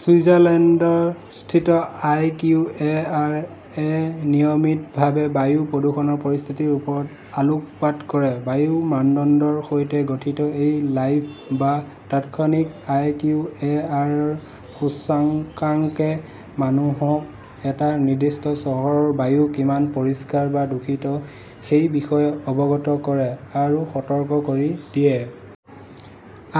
ছুইজাৰলেণ্ডস্থিত I. Q. A. R. -এ নিয়মিতভাৱে বায়ু প্ৰদূষণৰ পৰিস্থিতিৰ ওপৰত আলোকপাত কৰে। বায়ুৰ মানদণ্ডৰ সৈতে গঠিত এই লাইভ বা তাৎক্ষণিক আই. কিউ. এ. আৰ. -ৰ সূচকাংকে মানুহক এটা নিৰ্দিষ্ট চহৰৰ বায়ু কিমান পৰিষ্কাৰ বা দূষিত সেই বিষয়ে অৱগত কৰে আৰু সতৰ্ক কৰি দিয়ে।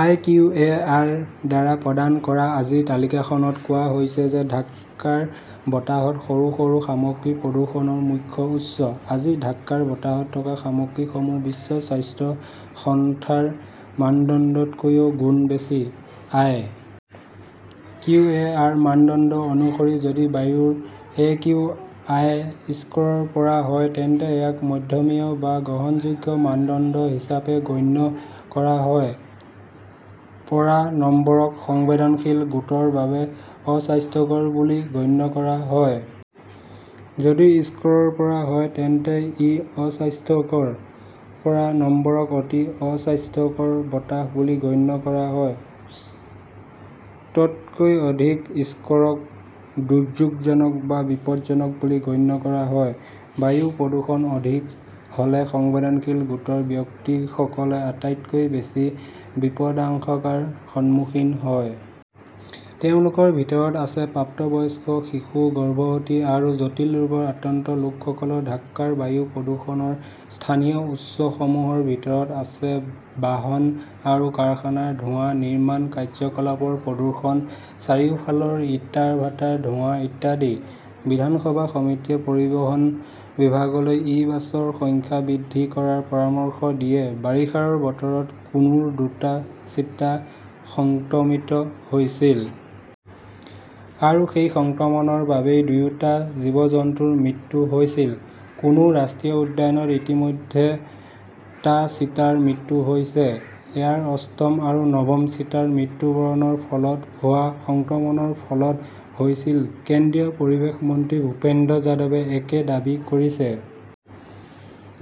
আই. কিউ. এ. আৰ. -ৰ দ্বাৰা প্ৰদান কৰা আজিৰ তালিকাখনত কোৱা হৈছে যে ঢাকাৰ বতাহত সৰু সৰু সামগ্ৰী প্ৰদূষণৰ মুখ্য উৎস। আজি ঢাকাৰ বতাহত থকা সামগ্ৰীসমূহ বিশ্ব স্বাস্থ্য সংস্থাৰ মানদণ্ডতকৈ গুণ বেছি। আই. কিউ. এ. আৰ. মানদণ্ড অনুসৰি, যদি বায়ুৰ একিউ. আই. স্ক "ৰ ৰ পৰা হয় তেন্তে ইয়াক" মধ্যমীয়া "বা" গ্ৰহণযোগ্য "মানদণ্ড হিচাপে গণ্য কৰা হয়। ৰ পৰা নম্বৰক "সংবেদনশীল গোটৰ বাবে অস্বাস্থ্যকৰ" বুলি গণ্য কৰা হয়। যদি স্ক "ৰ ৰ পৰা হয় তেন্তে ই" অস্বাস্থ্যকৰ "। ৰ পৰা নম্বৰক "অতি অস্বাস্থ্যকৰ" বতাহ বুলি গণ্য কৰা হয়। তকৈ অধিক স্ক "ৰক" দুৰ্যোগজনক "বা" বিপদজনক "বুলি গণ্য কৰা হয়। বায়ু প্ৰদূষণ অধিক হ "লে সংবেদনশীল গোটৰ ব্যক্তিসকলে আটাইতকৈ বেছি বিপদাশংকাৰ সন্মুখীন হয়। তেওঁলোকৰ ভিতৰত আছে প্ৰাপ্তবয়স্ক, শিশু, গৰ্ভৱতী আৰু জটিল ৰোগত আক্ৰান্ত লোকসকল। ঢাকাৰ বায়ু প্ৰদূষণৰ স্থানীয় উৎসসমূহৰ ভিতৰত আছে বাহন আৰু কাৰখানাৰ ধোঁৱা, নিৰ্মাণ কাৰ্যকলাপৰ প্ৰদূষণ, চাৰিওফালৰ ইটাৰ ভাটাৰ ধোঁৱা ইত্যাদি। বিধানসভা সমিতিয়ে পৰিবহণ বিভাগলৈ ই-বাছৰ সংখ্যা বৃদ্ধি কৰাৰ পৰামৰ্শ দিয়ে বাৰিষাৰ বতৰত কুনোৰ দুটা চিতা সংক্ৰমিত হৈছিল। আৰু সেই সংক্ৰমণৰ বাবেই দুয়োটা জীৱ-জন্তুৰ মৃত্যু হৈছিল। কুনো ৰাষ্ট্ৰীয় উদ্যানত ইতিমধ্যে টা চিতাৰ মৃত্যু হৈছে। ইয়াৰে অষ্টম আৰু নৱম চিতাৰ মৃত্যু বৰষুণৰ ফলত হোৱা সংক্ৰমণৰ ফলত হৈছিল। কেন্দ্ৰীয় পৰিৱেশ মন্ত্ৰী ভূপেন্দ্ৰ যাদৱে একে দাবী কৰিছে।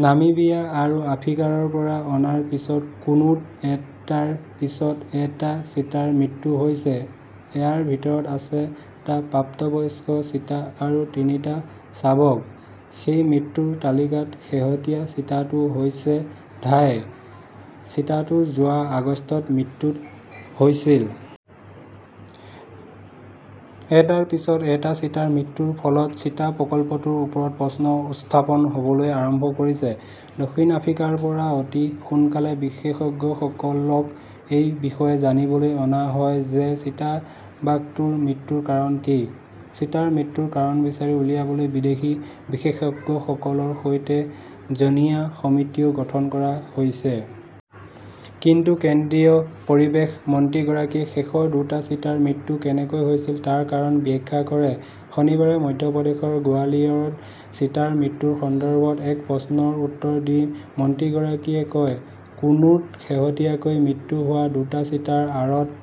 নামিবিয়া আৰু আফ্ৰিকাৰ পৰা অনাৰ পিছত কুনুত এটাৰ পিছত এটা চিতাৰ মৃত্যু হৈছে। ইয়াৰ ভিতৰত আছে টা প্ৰাপ্তবয়স্ক চিতা আৰু তিনিটা শাবক। সেই মৃত্যুৰ তালিকাত শেহতীয়া চিতাটো হৈছে 'ধাই'। চিতাটোৰ যোৱা আগষ্টত মৃত্যু হৈছিল। এটাৰ পিছত এটা চিতাৰ মৃত্যুৰ ফলত চিতা প্ৰকল্পটোৰ ওপৰত প্ৰশ্ন উত্থাপন হ "বলৈ আৰম্ভ কৰিছে। দক্ষিণ আফ্ৰিকাৰ পৰা অতি সোনকালে বিশেষজ্ঞসকলক এই বিষয়ে জানিবলৈ অনা হয় যে চিতাবাঘটোৰ মৃত্যুৰ কাৰণ কি। চিতাৰ মৃত্যুৰ কাৰণ বিচাৰি উলিয়াবলৈ বিদেশী বিশেষজ্ঞসকলৰ সৈতে জনীয়া সমিতিও গঠন কৰা হৈছে। কিন্তু কেন্দ্ৰীয় পৰিৱেশ মন্ত্ৰীগৰাকীয়ে শেষৰ দুটা চিতাৰ মৃত্যু কেনেকৈ হৈছিল তাৰ কাৰণ ব্যাখ্যা কৰে। শনিবাৰে মধ্যপ্ৰদেশৰ গোৱালিয়ৰত চিতাৰ মৃত্যুৰ সন্দৰ্ভত এক প্ৰশ্নৰ উত্তৰ দি মন্ত্ৰীগৰাকীয়ে কয়, "কুনুত শেহতীয়াকৈ মৃত্যু হোৱা দুটা চিতাৰ আঁৰত